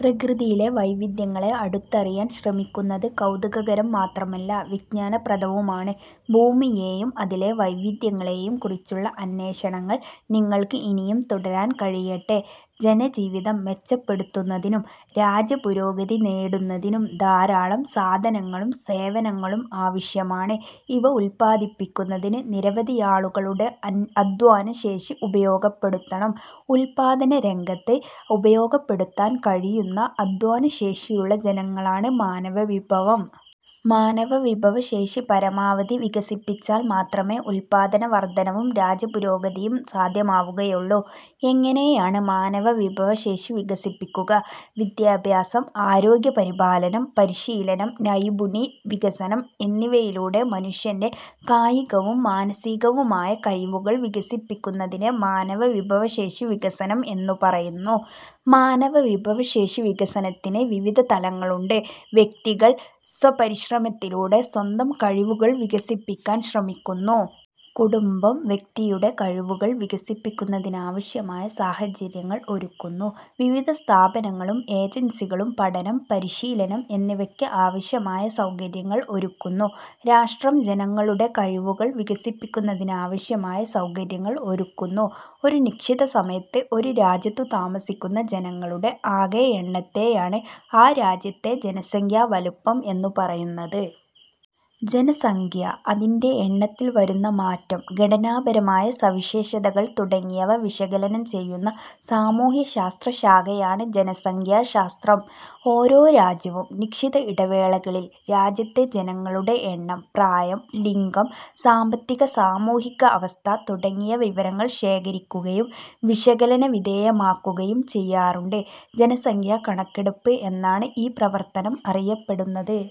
പ്രകൃതിയിലെ വൈവിധ്യങ്ങളെ അടുത്തറിയാൻ ശ്രമിക്കുന്നത് കൗതുകകരം മാത്രമല്ല, വിജ്ഞാനപ്രദവുമാണ്. ഭൂമിയെയും അതിലെ വൈവിധ്യങ്ങളെയും കുറിച്ചുള്ള അന്വേഷണങ്ങൾ നിങ്ങൾക്ക് ഇനിയും തുടരാൻ കഴിയട്ടെ. ജനജീവിതം മെച്ചപ്പെടുത്തുന്നതിനും രാജ്യപുരോഗതിന്നതിനും ധാരാളം സാധനങ്ങളും സേവനങ്ങളും ആവശ്യമാണ്. ഇവ ഉൽപാദിപ്പിക്കുന്നതിന് നിരവധിയാളുകളുടെ അധ്വാനശേഷി ഉപയോഗപ്പെടുത്തണം. ഉൽപ്പാദനരംഗത്ത് ഉപയോഗപ്പെടുത്താൻ കഴിയുന്ന അധ്വാനശേഷിയുള്ള ജനങ്ങളാണ് മാനവവിഭവം. മാനവവിഭവശേഷി പരമാവധി വികസിപ്പിച്ചാൽ മാത്രമേ ഉൽപ്പാദന വർധനവും രാജ്യപുരോഗതിയും സാധ്യമാവുകയുള്ളൂ. എങ്ങനെയാണ് മാനവവിഭവശേഷി വികസിപ്പിക്കുക? വിദ്യാഭ്യാസം, ആരോഗ്യപരി പാലനം, പരിശീലനം, നൈപുണി വികസനം എന്നിവയിലൂടെ മനുഷ്യന്റെ കായികവും മാനസികവുമായ കഴിവുകൾ വികസിപ്പിക്കുന്ന തിനെ മാനവവിഭവശേഷി വികസനം എന്നു പറയുന്നു. മാനവവിഭവശേഷിവികസനത്തിന് വിവിധ തലങ്ങളുണ്ട്. വ്യക്തികൾ സ്വപരിശ്രമത്തിലൂടെ സ്വന്തം കഴിവുകൾ വികസിപ്പിക്കാൻ ശ്രമിക്കുന്നു. കുടുംബം വ്യക്തിയുടെ കഴിവുകൾ വികസിപ്പിക്കുന്നതിനാവശ്യമായ സാഹചര്യങ്ങൾ ഒരുക്കുന്നു. വിവിധ സ്ഥാപനങ്ങളും ഏജൻസികളും പഠനം, പരിശീലനം എന്നിവയ്ക്ക് ആവശ്യമായ സൗകര്യങ്ങൾ ഒരുക്കുന്നു. രാഷ്ട്രം ജനങ്ങളുടെ കഴിവുകൾ വികസിപ്പിക്കുന്നതിനാവശ്യമായ സൗകര്യങ്ങൾ ഒരുക്കുന്നു. ഒരു നിശ്ചിത സമയത്ത് ഒരു രാജ്യത്തു താമസിക്കുന്ന ജനങ്ങളുടെ ആകെ എണ്ണത്തെയാണ് ആ രാജ്യത്തെ ജനസംഖ്യാ വലുപ്പം എന്നു പറയുന്നത്. ജനസംഖ്യ, അതിന്റെ എണ്ണത്തിൽ വരുന്ന മാറ്റം, ഘടനാപരമായ സവിശേഷതകൾ തുടങ്ങിയവ വിശകലനം ചെയ്യുന്ന സാമൂഹ്യശാസ്ത്രശാഖയാണ് ജനസംഖ്യാശാസ്ത്രം. ഓരോ രാജ്യവും നിശ്ചിത ഇടവേളകളിൽ രാജ്യത്തെ ജനങ്ങളുടെ എണ്ണം, പ്രായം, ലിംഗം, സാമ്പത്തിക-സാമൂഹിക അവസ്ഥ തുടങ്ങിയ വിവരങ്ങൾ ശേഖരിക്കുകയും വിശകലനവിധേയമാക്കുകയും ചെയ്യാറുണ്ട്. ജനസംഖ്യാകണക്കെടുപ്പ് എന്നാണ് ഈ പ്രവർത്തനം അറിയപ്പെടുന്നത്.